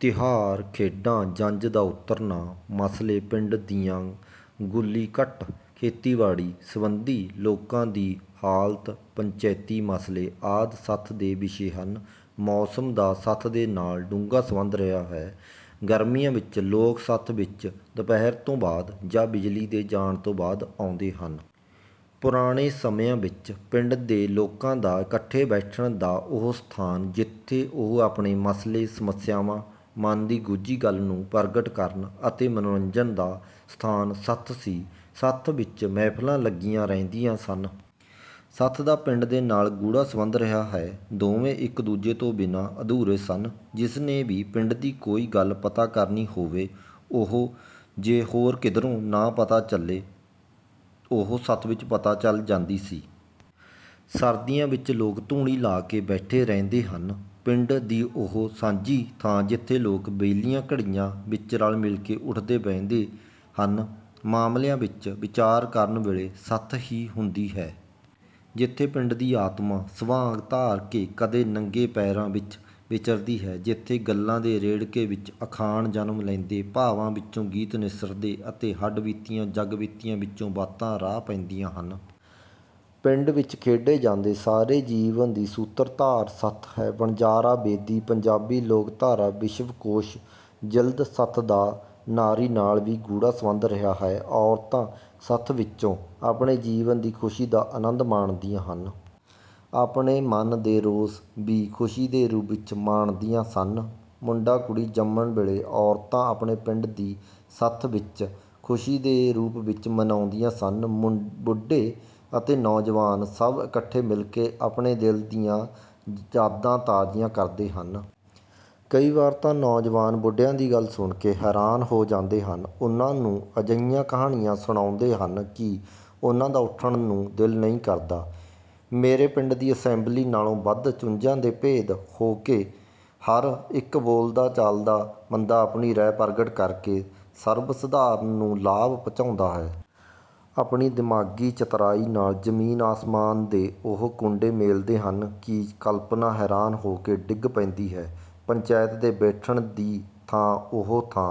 ਤਿਉਹਾਰ ਖੇਡਾਂ ਜੰਞ ਦਾ ਉਤਰਨਾ ਮਸਲੇ ਪਿੰਡ ਦੀਆਂ ਗੁੱਲੀਘਟ ਖੇਤੀਬਾੜੀ ਸੰਬੰਧੀ ਲੋਕਾਂ ਦੀ ਹਾਲਤ ਪੰਚਾਇਤੀ ਮਸਲੇ ਆਦਿ ਸੱਥ ਦੇ ਵਿਸ਼ੇ ਹਨ। ਮੌਸਮ ਦਾ ਸੱਥ ਦੇ ਨਾਲ ਡੂੰਘਾ ਸੰਬੰਧ ਰਿਹਾ ਹੈ। ਗਰਮੀਆਂ ਵਿੱਚ ਲੋਕ ਸੱਥ ਵਿੱਚ ਦੁਪਾਹਿਰ ਤੋਂ ਬਾਅਦ ਜਾਂ ਬਿਜਲੀ ਦੇ ਜਾਣ ਤੋਂ ਬਾਅਦ ਆਉਂਦੇ ਹਨ। ਪੁਰਾਣੇ ਸਮਿਆਂ ਵਿੱਚ ਪਿੰਡ ਦੇ ਲੋਕਾਂ ਦਾ ਇੱਕਠੇ ਬੈਠਣ ਦਾ ਉਹ ਸਥਾਨ ਜਿੱਥੇ ਉਹ ਆਪਣੇ ਮਸਲੇ ਸਮੱਸਿਆਵਾਂ ਮਨ ਦੀ ਗੁੱਝੀ ਗੱਲ ਨੂੰ ਪ੍ਰਗਟ ਕਰਨ ਅਤੇ ਮਨੋਰੰਜਨ ਦਾ ਸਥਾਨ ਸੱਥ ਸੀ। ਸੱਥ ਵਿੱਚ ਮਹਿਫਲਾਂ ਲੱਗੀਆਂ ਰਹਿੰਦੀਆਂ ਸਨ। ਸੱਥ ਦਾ ਪਿੰਡ ਦੇ ਨਾਲ ਗੂੜ੍ਹਾ ਸੰਬੰਧ ਰਿਹਾ ਹੈ। ਦੋਵੇਂ ਇੱਕ ਦੂਜੇ ਤੋਂ ਬਿਨ੍ਹਾਂ ਅਧੂਰੇ ਸਨ। ਜਿਸ ਨੇ ਵੀ ਪਿੰਡ ਦੀ ਕੋਈ ਗੱਲ ਪਤਾ ਕਰਨੀ ਹੋਵੇ ਉਹ ਜੇ ਹੋਰ ਕਿਧਰੋਂ ਨਾ ਪਤਾ ਚਲੇ ਉਹ ਸੱਥ ਵਿੱਚ ਪਤਾ ਚਲ ਜਾਂਦੀ ਸੀ। ਸਰਦੀਆਂ ਵਿੱਚ ਲੋਕ ਧੂਣੀ ਲਾ ਕੇ ਬੈਠੇ ਰਹਿੰਦੇ ਹਨ। ਪਿੰਡ ਦੀ ਉਹ ਸਾਂਝੀ ਥਾਂ ਜਿੱਥੇ ਲੋਕ ਵਿਹਲੀਆਂ ਘੜੀਆਂ ਵਿੱਚ ਰਲ ਮਿਲ ਕੇ ਉਠਦੇ ਬੈਠਦੇ ਹਨ। ਮਾਮਲਿਆਂ ਵਿੱਚ ਵਿਚਾਰ ਕਰਨ ਵੇਲੇ ਸੱਥ ਹੀ ਹੁੰਦੀ ਹੈ। ਜਿੱਥੇ ਪਿੰਡ ਦੀ ਆਤਮਾ ਸਵਾਂਗ ਧਾਰ ਕੇ ਕਦੇ ਨੰਗੇ ਪੈਰਾਂ ਵਿੱਚ ਵਿਚਰਦੀ ਹੈ। ਇੱਥੇ ਗੱਲਾਂ ਦੇ ਰੇੜਕੇ ਵਿੱਚ ਅਖਾਣ ਜਨਮ ਲੈਂਦੇ ਭਾਵਾਂ ਵਿੱਚੋਂ ਗੀਤ ਨਿਸਰਦੇ ਤੇ ਹੱਡ ਬੀਤੀਆਂ ਜੱਗ ਬੀਤੀਆਂ ਵਿੱਚੋਂ ਬਾਤਾਂ ਰਾਹ ਪੈਂਦੀਆਂ ਹਨ। ਪਿੰਡ ਵਿੱਚ ਖੇਡੇ ਜਾਂਦੇ ਸਾਰੇ ਜੀਵਨ ਦੀ ਸੂਤਰਧਾਰ ਸੱਥ ਹੈ। ਵਣਜਾਰਾ ਬੇਦੀ ਪੰਜਾਬੀ ਲੋਕਧਾਰਾ ਵਿਸ਼ਵ ਕੋਸ਼ ਜਿਲਦ ਸੱਥ ਦਾ ਨਾਰੀ ਨਾਲ ਵੀ ਗੂੜ੍ਹਾ ਸੰਬੰਧ ਰਿਹਾ ਹੈ। ਔਰਤਾਂ ਸੱਥ ਵਿੱਚੋਂ ਆਪਣੇ ਜੀਵਨ ਦੀ ਖੁਸ਼ੀ ਦਾ ਆਨੰਦ ਮਾਣਦੀਆਂ ਹਨ। ਆਪਣੇ ਮਨ ਦੇ ਰੋਸ ਵੀ ਖੁਸ਼ੀ ਦੇ ਰੂਪ ਵਿੱਚ ਮਾਣਦੀਆਂ ਸਨ। ਮੁੰਡਾ ਕੁੜੀ ਜੰਮਣ ਵੇਲੇ ਔਰਤਾਂ ਆਪਣੇ ਪਿੰਡ ਦੀ ਸੱਥ ਵਿੱਚ ਖੁਸ਼ੀ ਦੇ ਰੂਪ ਵਿੱਚ ਮਨਾਉਂਦੀਆਂ ਸਨ। ਬੁੱਢੇ ਅਤੇ ਨੌਜਵਾਨ ਸਭ ਇੱਕਠੇ ਮਿਲ ਕੇ ਆਪਣੇ ਦਿਲ ਦੀਆਂ ਯਾਦਾਂ ਤਾਜ਼ਾ ਕਰਦੇ ਹਨ। ਕਈ ਵਾਰ ਤਾਂ ਨੌਜਵਾਨ ਬੁੱਢਿਆਂ ਦੀ ਗੱਲ ਸੁਣ ਕੇ ਹੈਰਾਨ ਹੋ ਜਾਂਦੇ ਹਨ ਉਨ੍ਹਾਂ ਨੂੰ ਅਜਿਹੀਆਂ ਕਹਾਣੀਆਂ ਸੁਣਾਉਂਦੇ ਹਨ ਕਿ ਉਨ੍ਹਾਂ ਦਾ ਉਠਣ ਨੂੰ ਦਿਲ ਨਹੀਂ ਕਰਦਾ। ਮੇਰੇ ਪਿੰਡ ਦੀ ਅਸੈਂਬਲੀ ਨਾਲੋਂ ਵੱਧ ਚੁੰਝਾ ਦੇ ਭੇਦ ਹੋ ਕੇ ਹਰ ਇੱਕ ਬੋਲਦਾ ਚਾਲਦਾ ਬੰਦਾ ਆਪਣੀ ਰਾਇ ਪ੍ਰਗਟ ਕਰਕੇ ਸਰਬ ਸਧਾਰਨ ਨੂੰ ਲਾਭ ਪਹੁੰਚਾਉਂਦਾ ਹੈ। ਆਪਣੀ ਦਿਮਾਗੀ ਚਤਰਾਈ ਨਾਲ ਜ਼ਮੀਨ ਅਸਮਾਨ ਦੇ ਉਹ ਕੁੰਡੇ ਮੇਲਦੇ ਹਨ ਕਿ ਕਲਪਨਾ ਹੈਰਾਨ ਹੋ ਕੇ ਡਿੱਗ ਪੈਂਦੀ ਹੈ। ਪੰਚਾਇਤ ਦੇ ਬੈਠਣ ਦੀ ਥਾਂ ਉਹ ਥਾਂ